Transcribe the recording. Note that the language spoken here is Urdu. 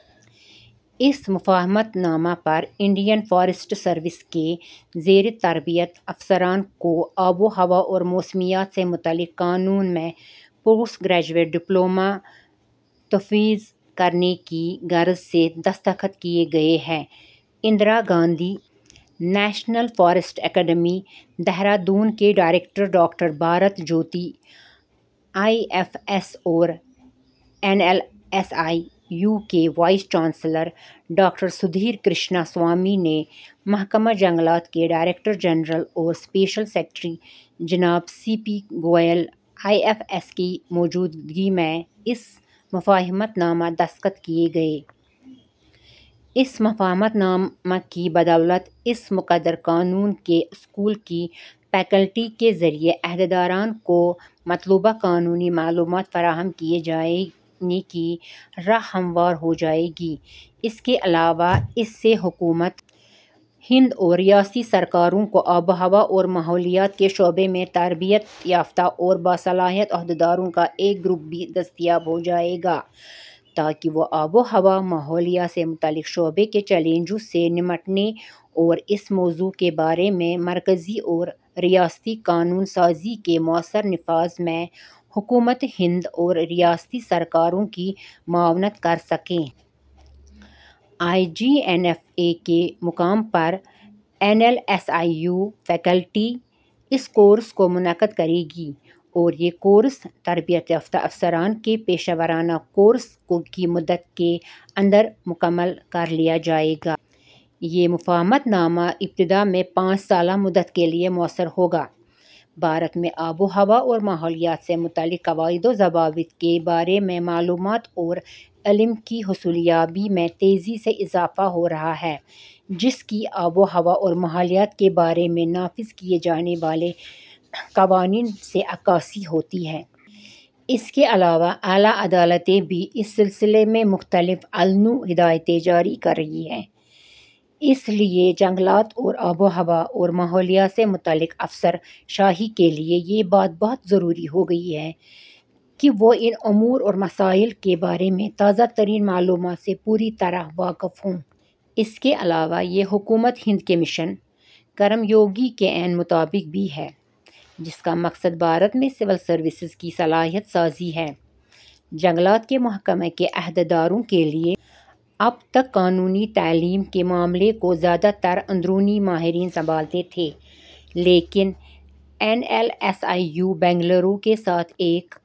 اس مفاہمت نامہ پر انڈین فوریسٹ سروس کے زیر تربیت افسران کو آب وہوا اور موسمیات سے متعلق قانون میں پوسٹ گریجویٹ ڈپلومہ تفویض کرنے کی غرض سے دستخط کئے گئے ہیں۔ Indira Gandhi national forest academy Dehradun کے director doctor Bharat Jyoti I F S اور N L S I U کے vice chancellor doctor Sudhir Krishnaswamy نے محکمہ جنگلات کے ڈائریکٹر جنرل اور اسپیشل سکریٹری جناب C P Goel I F S کی موجودگی میں اس مفاہمت نامہ دستخط کئے گئے۔ اس مفاہمت نامہ کی بدولت، اس مقتدر قانون کے اسکول کی فیکلٹی کے ذریعہ عہدیداران کو مطلوبہ قانونی معلومات فراہم کئے جانے کی راہ ہموار ہوجائے گی۔ اس کے علاوہ اس سے حکومت ہند اور ریاستی سرکاروں کو آب وہوا اور ماحولیات کے شعبے میں تربیت یافتہ اور باصلاحیت عہدیداروں کا ایک گروپ بھی دستیاب ہوجائے گا، تاکہ وہ آب وہوا، ماحولیات سے متعلق شعبے کے چیلنجوں سے نمٹنے اور اس موضوع کے بارے میں مرکزی اور ریاستی قانون سازی کے مؤثر نفاذ میں حکومت ہند اور ریاستی سرکاروں کی معاونت کرسکیں۔ آئی جی این ایف اے کے مقام پر N L S I U faculty, اس کورس کو منعقد کرے گی اور یہ کورس، تربیت یافتہ افسران کے پیشہ ورانہ کورس کی مدت کے اندر مکمل کرلیا جائے گا۔ یہ مفاہمت نامہ، ابتدا میں پانچ سالہ مدت کیلئے مؤثر ہوگا۔ بھارت میں آب وہوا اور ماحولیات سے متعلق قواعد وضوابط کے بارے میں معلومات اور علم کی حصولیابی میں تیزی سے اضافہ ہورہا ہے، جس کی آب وہوا اور ماحولیات کے بارے میں نافذ کئے جانے والے قوانین سے عکاسی ہوتی ہے۔ اس کے علاوہ اعلیٰ عدالتیں بھی اس سلسلے میں مختلف النوع ہدایتیں جاری کررہی ہے۔ اس لیے، جنگلات اور آب وہوا اور ماحولیات سے متعلق افسر شاہی کے لئے یہ بات بہت ضروری ہوگئی ہے کہ وہ ان امور اور مسائل کے بارے میں تازہ ترین معلومات سے پوری طرح واقف ہوں۔ اس کے علاوہ یہ حکومت ہند کے مشن، کرم یوگی کے عین مطابق بھی ہے، جس کا مقصد بھارت میں سول سروسز کی صلاحیت سازی ہے۔ جنگلات کے محکمے کے عہدیداروں کے لئے اب تک قانونی تعلیم کے معاملے کو زیادہ تر اندرونی ماہرین سنبھالتے تھے، لیکن N L S I U Bengaluru کے ساتھ ایک